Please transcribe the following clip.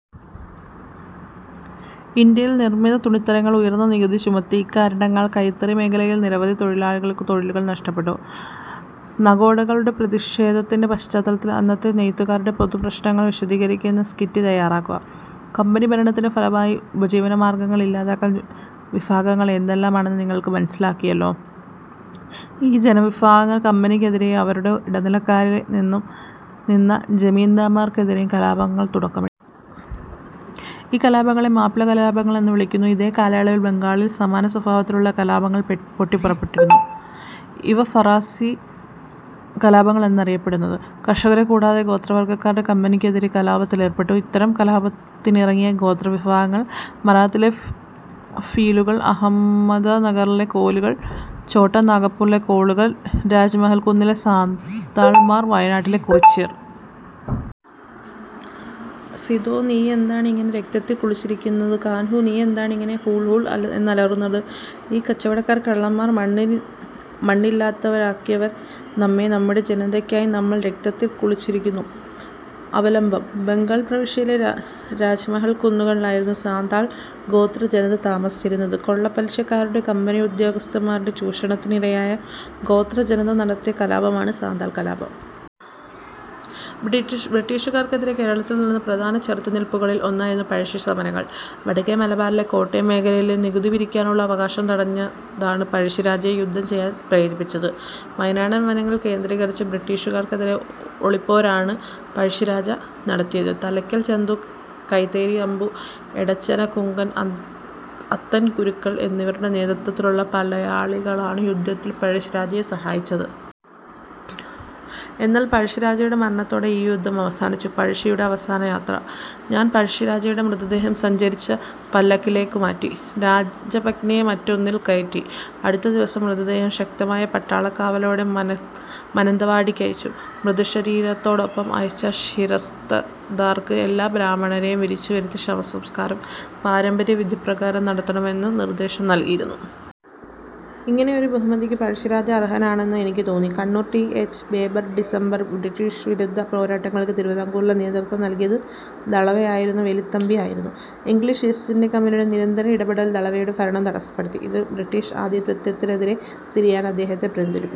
Indian നിർമ്മിത തുണിത്തരങ്ങൾക്ക് ഉയർന്ന നികുതി ചുമത്തി. ഇക്കാരണങ്ങളാൽ കൈത്തറി മേഖലയിൽ നിരവധി തൊഴിലാളികൾക്ക് തൊഴിൽ നഷ്ടപ്പെട്ടു. നഗോഡകളുടെ പ്രതിഷേധത്തിന്റെ പശ്ചാത്തലത്തിൽ അന്നത്തെ നെയ്ത്തുകാരുടെ പൊതുപ്രശ്നങ്ങൾ വിശദീകരിക്കുന്ന സ്കിറ്റ് തയ്യാറാക്കുക. കമ്പനിഭരണത്തിന്റെ ഫലമായി ഉപജീവനമാർഗ്ഗങ്ങൾ ഇല്ലാതായ വിഭാഗങ്ങൾ ഏതെല്ലാമെന്ന് നിങ്ങൾ മനസ്സിലാക്കിയല്ലോ. ഈ ജനവിഭാഗങ്ങൾ കമ്പനിക്ക് എതിരെയും അവരുടെ ഇടനിലക്കാരായിനിന്ന ജമീന്ദാർമാർക്കെതിരെയും കലാപങ്ങൾക്ക് തുടക്കമി. ഈ കലാപങ്ങളെ മാപ്പിളകലാപങ്ങൾ എന്നു വിളിക്കുന്നു. ഇതേ കാലയളവിൽ ബംഗാളിൽ സമാനസ്വഭാവത്തിലുള്ള കലാപങ്ങൾ പൊട്ടിപ്പുറപ്പെട്ടിരുന്നു. ഇവ ഫറാസി കലാപങ്ങൾ എന്നാണറിയപ്പെടുന്നത്. കർഷകരെ കൂടാതെ ഗോത്രവർഗ്ഗക്കാരും കമ്പനിക്കെതിരെ കലാപത്തിലേർപ്പെട്ടു. ഇത്തരത്തിൽ കലാപത്തിനിറങ്ങിയ ഗോത്രവിഭാഗങ്ങളാണ്. മറാത്തയിലെ ഭീലുകൾ, അഹമ്മദ്നഗറിലെ കോലികൾ, ഛോട്ടാനാഗ്പൂരിലെ കോളുകൾ, രാജ്മഹൽകുന്നിലെ സാന്താൾ മാർ, വയനാട്ടിലെ കുറിച്യർ. സിദോ, നീയെന്താണിങ്ങനെ രക്തത്തിൽക്കുളിച്ചിരിക്കുന്നത്? കാൻഹു, നീയെന്താണിങ്ങനെ ഹൂൾ ഹൂൾ എന്നലറുന്നത്? ഈ കച്ചവടക്കാർ, കള്ളന്മാർ മണ്ണില്ലാത്തവരാക്കി നമ്മെ. നമ്മുടെ ജനതയ്ക്കായി നമ്മൾ രക്തത്തിൽക്കുളിച്ചിരിക്കുന്നു. അവലംബം: ബംഗാൾ പ്രവിശ്യയിലെ രാജ്മഹൽ കുന്നുകളിലായിരുന്നു സാന്താൾ ഗോത്രജനത താമസിച്ചിരുന്നത്. കൊള്ളപ്പലിശക്കാരുടെയും കമ്പനി ഉദ്യോഗസ്ഥൻമാരുടെയും ചൂഷണത്തിനിരയായ ഗോത്രജനത നടത്തിയ കലാപമാണ് സാന്താൾ കലാപം. ബ്രിട്ടീഷുകാർക്കെതിരെ കേരളത്തിൽ നടന്ന പ്രധാന ചെറുത്തുനിൽപ്പുകളിൽ ഒന്നായിരുന്നു പഴശ്ശി സമരങ്ങൾ. വടക്കെ മലബാറിലെ കോട്ടയം മേഖലയിൽ നികുതി പിരിക്കാനുള്ള അവകാശം തടഞ്ഞതാണ് പഴശ്ശിരാജയെ യുദ്ധം ചെയ്യാൻ പ്രേരിപ്പിച്ചത്. വയനാടൻ വനങ്ങൾ കേന്ദ്രീകരിച്ച് ബ്രിട്ടീഷുകാർക്കെതിരെ ഒളിപ്പോരാണ് പഴശ്ശിരാജ നടത്തിയത്. തലയ്ക്കൽ ചന്തു, കൈതേരി അമ്പു, എടച്ചന കുങ്കൻ, അത്തൻ ഗുരുക്കൾ എന്നിവരുടെ നേതൃത്വത്തിലുള്ള പടയാളികളാണ് യുദ്ധത്തിൽ പഴശ്ശിരാജയെ സഹായിച്ചത്. എന്നാൽ പഴശ്ശിരാജയുടെ മരണത്തോടെ ഈ യുദ്ധം അവസാനിച്ചു. പഴശ്ശിയുടെ അവസാനയാത്ര... ഞാൻ പഴശ്ശിരാജയുടെ മൃത ദേഹം സഞ്ചരിച്ച പല്ലക്കിലേക്കു മാറ്റി. രാജ പത്നിയെ മറ്റൊന്നിൽ കയറ്റി. അടുത്ത ദിവസം മൃതദേഹം ശക്തമായ പട്ടാളക്കാവലോടെ മാനന്തവാടിക്കയച്ചു. മൃതശരീരത്തോടൊപ്പം അയച്ച ശിരസ്തദാർക്ക് എല്ലാ ബ്രാഹ്മണ രെയും വിളിച്ചു വരുത്തി ശവസംസ്കാരം പാരമ്പര്യവിധിപ്രകാരം നടത്തണമെന്ന് നിർദേശം നൽകിയിരുന്നു. ഇങ്ങനെയൊരു ബഹുമതിക്ക് പഴശ്ശിരാജ അർഹനാണെന്ന് എനിക്ക് തോന്നി... Kannur, T. H. Baber December. British വിരുദ്ധ പോരാട്ടങ്ങൾക്ക് തിരുവിതാംകൂറിൽ നേതൃത്വം നൽകിയത് ദളവയായിരുന്ന വേലുത്തമ്പി ആയിരുന്നു. ഇംഗ്ലീഷ് ഈസ്റ്റിന്ത്യാകമ്പനിയുടെ നിരന്തര ഇടപെടൽ ദളവയുടെ ഭരണം തടസ്സപ്പെടുത്തി. ഇത് ബ്രിട്ടീഷ് ആധിപത്യത്തിനെതിരെ തിരിയാൻ അദ്ദേഹത്തെ പ്രേരിപ്പിച്ചു.